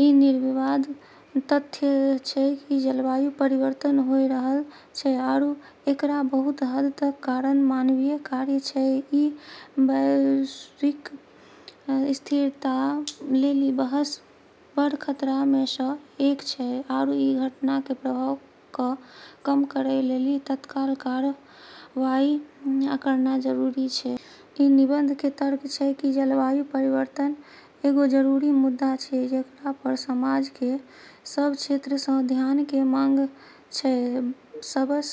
ई निर्विवाद तथ्य छै कि जलवायु परिवर्तन होय रहल छै आरू एकरा बहुत हद तक कारण मानवीय कार्य छै। ई वैश्विक स्थिरता लेली सबस बड़ खतरा मे स एक छै, आरू ई घटना के प्रभाव क कम करै लेली तत्काल कार्रवाई करना जरूरी छै। ई निबंध के तर्क छै कि जलवायु परिवर्तन एगो जरूरी मुद्दा छै जेकरा पर समाज के सब क्षेत्र स ध्यान के मांग छै। सबस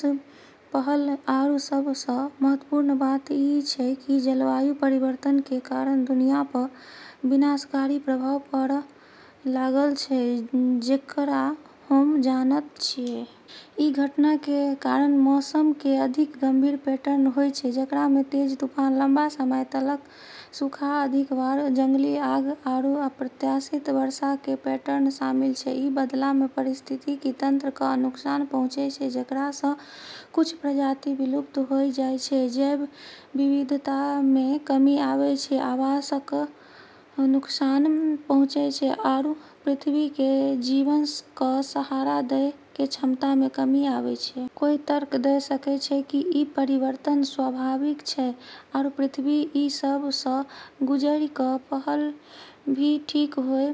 पहल आरू सबस महत्वपूर्ण बात ई छै कि जलवायु परिवर्तन के कारण दुनिया प विनाशकारी प्रभाव पड़ लगल छै जेकरा हम जानत छियै। ई घटना के कारण मौसम के अधिक गंभीर पैटर्न होय छै, जेकरा मे तेज तूफान, लंबा समय तलक सूखा, अधिक बार जंगली आग, आरू अप्रत्याशित वर्षा के पैटर्न शामिल छै। ई बदला मे पारिस्थितिकी तंत्र क नुकसान पहुँचै छै, जेकरा स कुछ प्रजाति विलुप्त होय जाय छै, जैव विविधता मे कमी आबै छै, आवास क नुकसान पहुँचै छै आरू पृथ्वी के जीवन क सहारा दै के क्षमता मे कमी आबै छै। कोय तर्क द सकै छै कि ई परिवर्तन स्वाभाविक छै, आरू पृथ्वी ई सब स गुजरी क पहल भी ठीक होय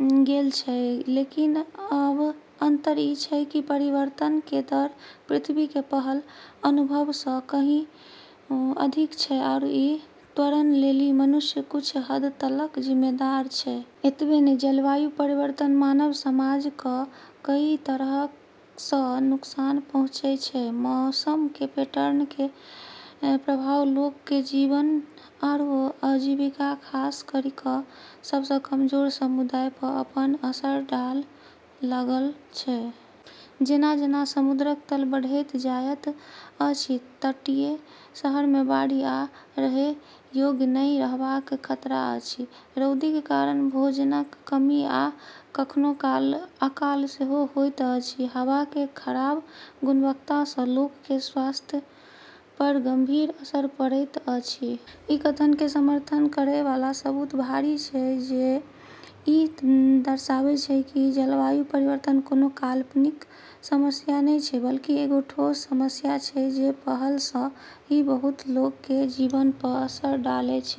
गेल छै। लेकिन, अब अंतर ई छै कि परिवर्तन के दर पृथ्वी के पहल अनुभव स कहीं अधिक छै आरू ई त्वरण लेली मनुष्य कुछ हद तलक जिम्मेदार छै। एतबे नै जलवायु परिवर्तन मानव समाज क कई तरह स नुकसान पहुँचै छै। मौसम के पैटर्न के प्रभाव लोग के जीवन आरू आजीविका खास करी क सबस कमजोर समुदाय प अपन असर डाल लगल छै। जेना-जेना समुद्रक तल बढ़ैत जायत अछि, तटीय शहर मे बाढ़ि आ रहय योग्य नहिं रहबाक खतरा अछि। रौदीक कारण भोजनक कमी आ कखनो काल अकाल सेहो होइत अछि। हवा के खराब गुणवत्ता सं लोक के स्वास्थ्य पर गंभीर असर पड़ैत अछि। ई कथन के समर्थन करै वाला सबूत भारी छै, जे ई दर्शाबै छै कि जलवायु परिवर्तन कोनो काल्पनिक समस्या नै छै, बल्कि एगो ठोस समस्या छै जे पहल स ही बहुत लोग के जीवन प असर डालै छै।